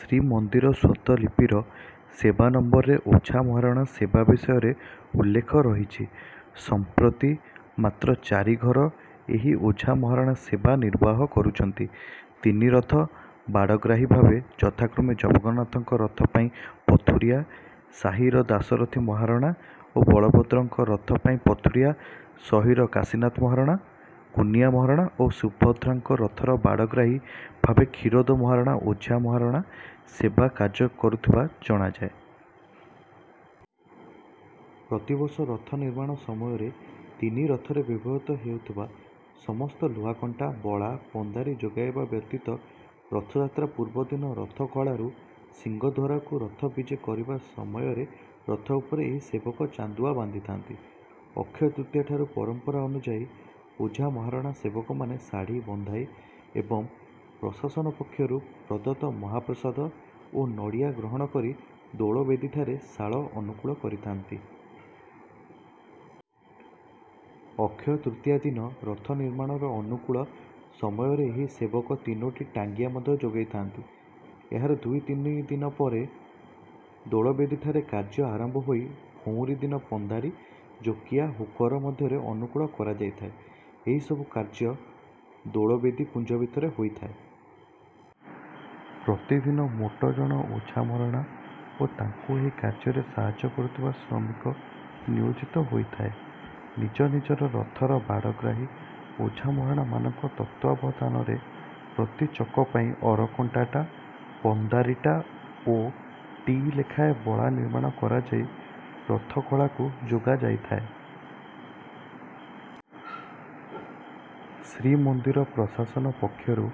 ଶ୍ରୀମନ୍ଦିର ସ୍ୱତ୍ତ୍ୱଲିପିର ସେବା ନଂ ରେ ଓଝା ମହାରଣା ସେବା ବିଷୟ ଉଲେଖ ରହିଛି। ସମ୍ପ୍ରତି ମାତ୍ର ଚାରି ଘର ଏହି ଓଝା ମହାରଣା ସେବା ନିର୍ବାହ କରୁଛନ୍ତି। ତିନି ରଥ ବାଡ଼ଗ୍ରାହୀ ଭାବେ ଯଥାକ୍ରମେ ଜଗନ୍ନାଥଙ୍କ ରଥ ପାଇଁ ପଥୁରିଆ ସାହିର ଦାଶରଥି ମହାରଣା, ବଳଭଦ୍ରଙ୍କ ରଥ ପାଇଁ ପଥୁରିଆ ସହିର କାଶିନାଥ ମହାରଣା, କୁନିଆ ମହାରଣା ଓ ସୁଭଦ୍ରାଙ୍କ ରଥର ବାଡ଼ଗ୍ରାହୀ ଭାବେ କ୍ଷୀରୋଦ ମହରଣା ଓଝା ମହାରଣା ସେବା କାର୍ଯ୍ୟ କରୁଥିବା ଜଣାଯାଏ। ପ୍ରତି ବର୍ଷ ରଥ ନିର୍ମାଣ ସମୟରେ ତିନି ରଥରେ ବ୍ୟବହୃତ ହେଉଥିବା ସମସ୍ତ ଲୁହାକଣ୍ଟା, ବଳା, ପନ୍ଦାରି ଯୋଗାଇବା ବ୍ୟତୀତ ରଥଯାତ୍ରା ପୂର୍ବ ଦିନ ରଥ ଖଳାରୁ ସିଂହଦ୍ୱାରକୁ ରଥ ବିଜେ କରିବା ସମୟରେ ରଥ ଉପରେ ଏହି ସେବକ ଚାନ୍ଦୁଆ ବାନ୍ଧିଥାନ୍ତି। ଅକ୍ଷୟ ତୃତୀୟାଠାରୁ ପରମ୍ପରା ଅନୁଯାୟୀ ଓଝା ମହାରଣା ସେବକମାନେ ଶାଢ଼ୀ଼ ବନ୍ଧାଇ ଏବଂ ପ୍ରଶାସନ ପକ୍ଷରୁ ପ୍ରଦତ୍ତ ମହାପ୍ରସାଦ ଓ ନଡ଼ିଆ ଗ୍ରହଣ କରି ଦୋଳବେଦୀଠାରେ ଶାଳ ଅନୁକୂଳ କରିଥାନ୍ତି। ଅକ୍ଷୟ ତୃତୀୟା ଦିନ ରଥ ନିର୍ମାଣର ଅନୁକୂଳ ସମୟରେ ଏହି ସେବକ ତିନୋଟି ଟାଙ୍ଗିଆ ମଧ୍ୟ ଯୋଗାଇଥାନ୍ତି। ଏହାର ଦୁଇ ତିନିଦିନ ପରେ ଦୋଳବେଦୀଠାରେ କାର୍ଯ୍ୟ ଆରମ୍ଭ ହୋଇ ଭଉଁରୀ ଦିନ ପନ୍ଦାରି, ଜୋକିଆ, ହୁକର ମଧ୍ୟ ଅନୁକୂଳ କରାଯାଇଥାଏ। ଏହି ସବୁ କାର୍ଯ୍ୟ ଦୋଳବେଦୀ କୁଞ୍ଜ ଭିତରେ ହୋଇଥାଏ। ପ୍ରତି ଦିନ ମୋଟ ଜଣ ଓଝା ମହାରଣା ଓ ତାଙ୍କୁ ଏହି କାର୍ଯ୍ୟରେ ସାହାଯ୍ୟ କରୁଥିବା ଶ୍ରମିକ ନିୟୋଜିତ ହୋଇଥାଏ। ନିଜ ନିଜ ରଥର ବାଡ଼ଗ୍ରାହୀ ଓଝା ମହାରଣାମାନଙ୍କ ତତ୍ତ୍ୱାବଧାନରେ ପ୍ରତି ଚକ ପାଇଁ ଅରକଣ୍ଟା ଟା, ପନ୍ଦାରି ଟା ଓ ଟି ଲେଖାଏଁ ବଳା ନିର୍ମାଣ କରାଯାଇ ରଥଖଳାକୁ ଯୋଗାଯାଇଥାଏ। ଶ୍ରୀମନ୍ଦିର ପ୍ରଶାସନ ପକ୍ଷରୁ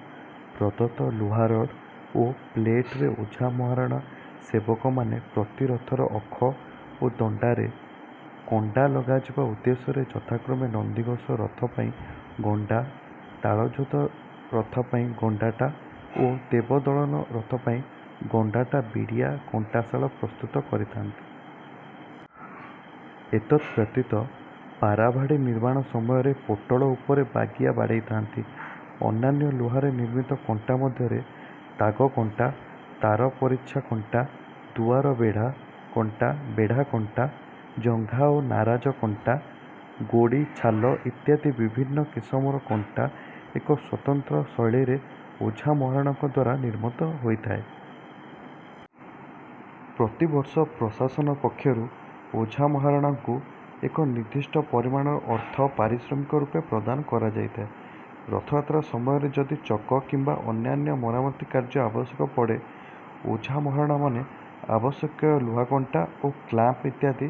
ପ୍ରଦତ୍ତ ଲୁହା ରଡ଼୍ ଓ ପ୍ଲେଟରେ ଓଝା ମହାରଣା ସେବକମାନେ ପ୍ରତିରଥର ଅଖ ଓ ଦଣ୍ଡାରେ କଣ୍ଡା ଲଗାଯିବା ଉଦ୍ଦେଶ୍ୟରେ ଯଥାକ୍ରମେ ନନ୍ଦିଘୋଷ ରଥ ପାଇଁ ଗଣ୍ଡା, ତାଳଧ୍ୱଜ ରଥ ପାଇଁ ଗଣ୍ଡା ଟା ଓ ଦେବଦଳ୍ନ ରଥ ପାଇଁ ଗଣ୍ଡା ଟା ବିଡିଆ କଣ୍ଟା ଶାଳ ପ୍ରସ୍ତୁତ କରିଥାନ୍ତି। ଏତଦବ୍ୟତୀତ ପାରାଭାଡ଼ି ନିର୍ମାଣ ସମୟରେ ପୋଟଳ ଉପରେ ବାଗିଆ ବାଡେଇଥାନ୍ତି। ଅନ୍ୟାନ୍ୟ ଲୁହାରେ ନିର୍ମିତ କଣ୍ଟା ମଧ୍ୟରେ ତାଗକଣ୍ଟା, ତାର ପରିଚ୍ଛା କଣ୍ଟା, ଦୁଆର ବେଢା଼ କଣ୍ଟା, ବେଢା଼ କଣ୍ଟା, ଜଙ୍ଘା ଓ ନାରାଜ କଣ୍ଟା, ଗୋଡି଼ଛାଲ ଇତ୍ୟାଦି ବିଭିନ୍ନ କିସମର କଣ୍ଟା ଏକ ସ୍ୱତନ୍ତ୍ର ଶୈଳୀରେ ଓଝା ମହାରଣାଙ୍କଦ୍ୱାରା ନିର୍ମିତ ହୋଇଥାଏ। ପ୍ରତି ବର୍ଷ ପ୍ରଶାସନ ପକ୍ଷରୁ ଓଝା ମହାରଣାଙ୍କୁ ଏକ ନିର୍ଦ୍ଦିଷ୍ଟ ପରିମାଣର ଅର୍ଥ ପାରିଶ୍ରମିକ ରୂପେ ପ୍ରଦାନ କରାଯାଇଥାଏ। ରଥଯାତ୍ରା ସମୟରେ ଯଦି ଚକ କିମ୍ବା ଅନ୍ୟାନ୍ୟ ମରାମତି କାର୍ଯ୍ୟ ଆବଶ୍ୟକ ପଡେ, ଓଝା ମହାରଣା ମନେ ଆବଶ୍ୟକୀୟ ଲୁହା କଣ୍ଟା ଓ କ୍ଲାମ୍ପ ଇତ୍ୟାଦି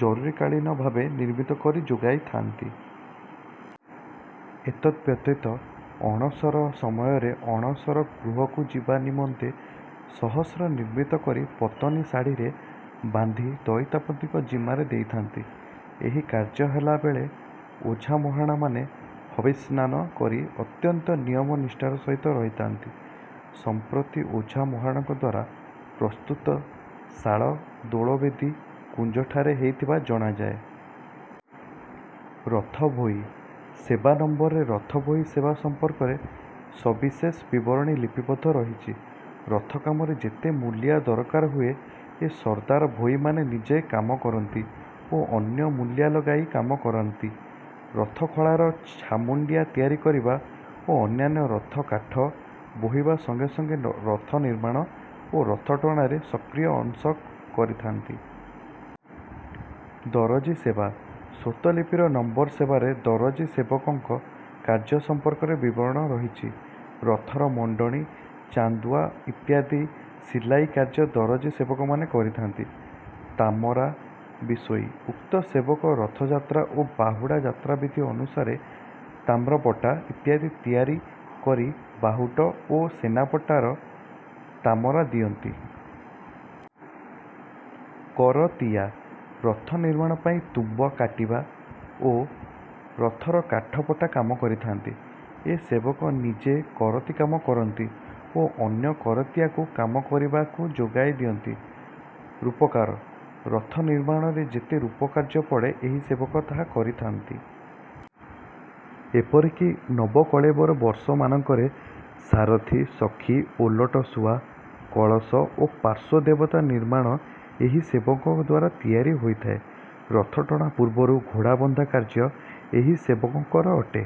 ଜରୁରୀକାଳୀନ ଭାବେ ନିର୍ମିତ କରି ଯୋଗାଇଥାନ୍ତି। ଏତଦବ୍ୟତୀତ ଅଣସର ସମୟରେ ଅଣସର ଗୃହକୁ ଯିବା ନିମନ୍ତେ ସହସ୍ର ନିର୍ମିତ କରି ପତନି ଶାଢ଼ୀ଼ରେ ବାନ୍ଧି ଦଇତାପତିଙ୍କ ଜିମାରେ ଦେଇଥାନ୍ତି। ଏହି କାର୍ଯ୍ୟ ହେଲା ବେଳେ ଓଝା ମହରଣାମାନେ ହବିଷାନ୍ନ କରି ଅତ୍ୟନ୍ତ ନିୟମ ନିଷ୍ଠାର ସହିତ ରହିଥାନ୍ତି। ସମ୍ପ୍ରତି ଓଝା ମହାରଣାଙ୍କଦ୍ୱାରା ପ୍ରସ୍ତୁତ ଶାଳ ଦୋଳବେଦୀ କୁଞ୍ଜଠାରେ ହେଇଥିବା ଜଣାଯାଏ। ରଥ ଭୋଇ:ସେବା ନଂ ରେ ରଥ ଭୋଇ ସେବା ସମ୍ପର୍କରେ ସବିଶେଷ ବିବରଣୀ ଲିପିବଦ୍ଧ ରହିଛି। ରଥ କାମରେ ଯେତେ ମୁଲିଆ ଦରକାର ହୁଏ ଏ ସର୍ଦ୍ଦାର ଭୋଇମାନେ ନିଜେ କାମ କରନ୍ତି ଓ ଅନ୍ୟ ମୁଲିଆ ଲଗାଇ କାମ କରାନ୍ତି। ରଥଖଳାର ଛାମୁଣ୍ଡିଆ ତିଆରି କରିବା ଓ ଅନ୍ୟାନ୍ୟ ରଥ କାଠ ବୋହିବା ସଙ୍ଗେ ସଙ୍ଗେ ରଥ ନିର୍ମାଣ ଓ ରଥଟଣାରେ ସକ୍ରିୟ ଅଂଶ କରିଥାନ୍ତି। ଦରଜୀ ସେବା: ସ୍ୱତ୍ତ୍ୱଲିପିର ନଂ ସେବାରେ ଦରଜୀ ସେବକଙ୍କ କାର୍ଯ୍ୟ ସମ୍ପର୍କରେ ବିବରଣ ରହିଛି। ରଥର ମଣ୍ଡଣି, ଚାନ୍ଦୁଆ ଇତ୍ର୍ୟାଦି ସିଲାଇ କାର୍ଯ୍ୟ ଦରଜୀ ସେବକମାନେ କରିଥାନ୍ତି। ତାମରା ବିଶୋଇ: ଉକ୍ତ ସେବକ ରଥଯାତ୍ରା ଓ ବାହୁଡ଼ା ଯାତ୍ରା ବିଧି ଅନୁସାରେ ତାମ୍ରପଟା ଇତ୍ୟାଦି ତିଆରି କରି ବାହୁଟ ଓ ସେନାପଟାରେ ତାମରା ଦିଅନ୍ତି। କରତିଆ: ରଥ ନିର୍ମାଣ ପାଇଁ ତୁମ୍ବ କାଟିବା ଓ ରଥର କାଠ ପଟା କାମ କରିଥାନ୍ତି। ଏ ସେବକ ନିଜେ କରତି କାମ କରନ୍ତି ଓ ଅନ୍ୟ କରତିଆକୁ କାମ କରିବାକୁ ଯୋଗାଇ ଦିଅନ୍ତି। ରୂପକାର: ରଥ ନିର୍ମାଣରେ ଯେତେ ରୂପ କାର୍ଯ୍ୟ ପଡେ, ଏହି ସେବକ ତାହା କରିଥାନ୍ତି। ଏପରିକି ନବକଳେବର ବର୍ଷମାନଙ୍କରେ ସାରଥୀ, ସଖୀ, ଓଲଟ ଶୁଆ, କଳସ ଓ ପାର୍ଶ୍ୱ ଦେବତା ନିର୍ମାଣ ଏହି ସେବକଙ୍କଦ୍ୱାରା ତିଆରି ହୋଇଥାଏ। ରଥଟଣା ପୂର୍ବରୁ ଘୋଡ଼ା ବନ୍ଧା କାର୍ଯ୍ୟ ଏହି ସେବକଙ୍କର ଅଟେ।